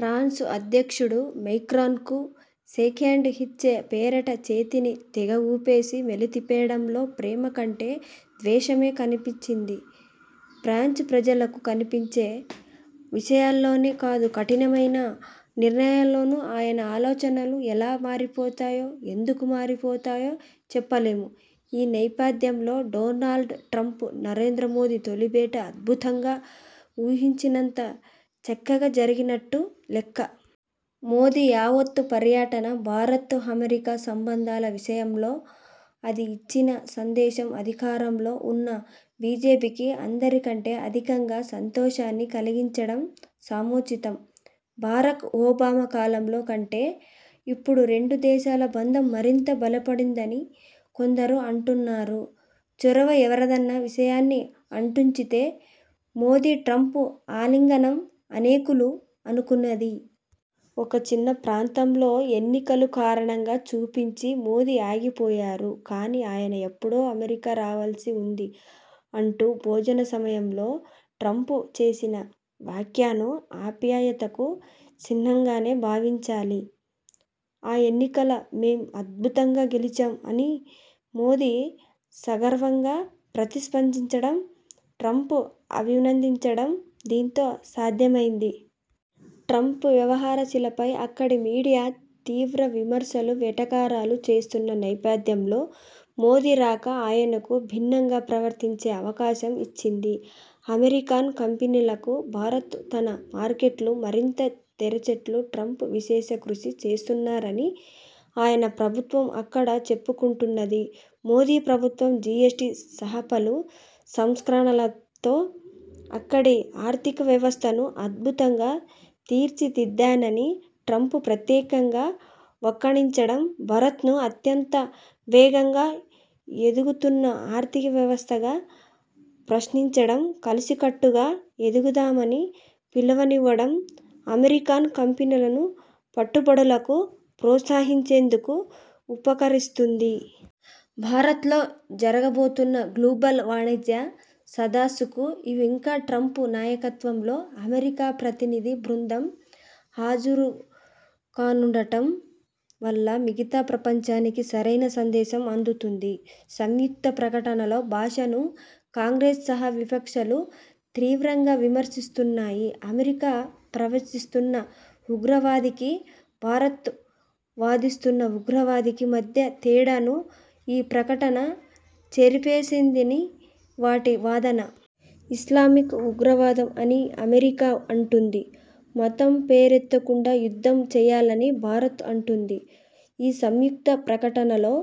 France అధ్యక్షుడు మేక్రాన్కు shake hand ఇచ్చే పేరిట చేతిని తెగఊపేసి మెలితిప్పేయడంలో ప్రేమ కంటే ద్వేషమే కనిపించింది ఫ్రెంచ్ ప్రజలకు. కనిపించే విషయాల్లోనే కాదు, కఠినమైన నిర్ణయాల్లోనూ ఆయన ఆలోచనలు ఎలా మారిపోతాయో, ఎందుకు మారతాయో చెప్పలేం. ఈ నేపథ్యంలో, డొనాల్డ్ ట్రంప్, నరేంద్రమోదీ తొలిభేటీ అత్యద్భుతంగా, ఊహించనంత చక్కగా జరిగినట్టు లెక్క. మోదీ యావత్తు పర్యటన, భారత్–అమెరికా సంబంధాల విషయంలో అది ఇచ్చిన సందేశం అధికారంలో ఉన్న బీజేపీకి అందరికంటే అధికంగా సంతోషాన్ని కలిగించడం సముచితం. బరాక్ ఒబామా కాలంలో కంటే ఇప్పుడు రెండు దేశాల బంధం మరింత బలపడిందని కొందరు అంటున్నారు. చొరవ ఎవరిదన్న విషయాన్ని అటుంచితే, మోదీ ట్రంప్ ఆలింగనం అనేకులు అనుకోనిది. 'ఒక చిన్నప్రాంతంలో ఎన్నికలు కారణంగా చూపించి మోదీ ఆగిపోయారు కానీ, ఆయన ఎప్పుడో అమెరికా రావాల్సి వుంది' అంటూ భోజన సమయంలో ట్రంప్ చేసిన వ్యాఖ్యను ఆప్యాయతకు చిహ్నంగానే భావించాలి. ఆ ఎన్నికల్లో మేం అద్భుతంగా గెలిచాం అని మోదీ సగర్వంగా ప్రతిస్పందించడం, ట్రంప్ అభినందించడం దీంతో సాధ్యమైంది. ట్రంప్ వ్యవహారశిలపై అక్కడి మీడియా తీవ్ర విమర్శలు, వెటకారాలు చేస్తున్న నేపథ్యంలో, మోదీ రాక ఆయనకు భిన్నంగా ప్రవర్తించే అవకాశం ఇచ్చింది. అమెరికన్ కంపెనీలకు భారత్ తన మార్కెట్లు మరింత తెరిచేట్టు ట్రంప్ విశేష కృషి చేస్తున్నారని ఆయన ప్రభుత్వం అక్కడ చెప్పుకుంటున్నది. మోదీ ప్రభుత్వం జీఎస్టీ సహా పలు సంస్కరణలతో అక్కడి ఆర్థిక వ్యవస్థను అద్భుతంగా తీర్చిదిద్దానని ట్రంప్ ప్రత్యేకంగా వక్కాణించడం, భారత్ను అత్యంత వేగంగా ఎదుగుతున్న ఆర్థికవ్యవస్థగా ప్రశ్నింసించడం, కలసికట్టుగా ఎదుగుదామని పిలువనివ్వడం అమెరికన్ కంపెనీలను పెట్టుబడులకు ప్రోత్సహించేందుకు ఉపకరిస్తుంది. భారత్లో జరగబోతున్న గ్లోబల్ వాణిజ్య సదస్సుకు ఇవాంకా ట్రంప్ నాయకత్వంలో అమెరికా ప్రతినిధి బృందం హాజరుకానుండటం వల్ల మిగతా ప్రపంచానికి సరైన సందేశం అందుతుంది. సంయుక్త ప్రకటనలో భాషను కాంగ్రెస్ సహా విపక్షాలు తీవ్రంగా విమర్శిస్తున్నాయి. అమెరికా ప్రవచిస్తున్న ఉగ్రవాదికీ, భారత్ వాదిస్తున్న ఉగ్రవాదికీ మధ్య తేడాను ఈ ప్రకటన చెరిపేసిందని వాటి వాదన. ఇస్లామిక్ ఉగ్రవాదం అని అమెరికా అంటుంది. మతం పేరెత్తకుండా యుద్ధం చేయాలని భారత్ అంటుంది. ఈ సంయుక్త ప్రకటనలో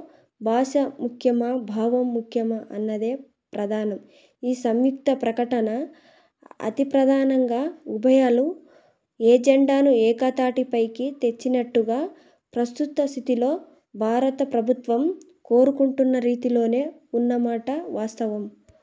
భాష ముఖ్యమా, భావం ముఖ్యమా అన్నదే ప్రధానం. ఈ సంయుక్త ప్రకటన అతిప్రధానంగా ఉభయుల ఎజెండానూ ఏకతాటిపైకి తెచ్చేట్టుగా, ప్రస్తుత స్థితిలో భారతప్రభుత్వం కోరుకుంటున్న రీతిలోనే ఉన్నమాట వాస్తవం.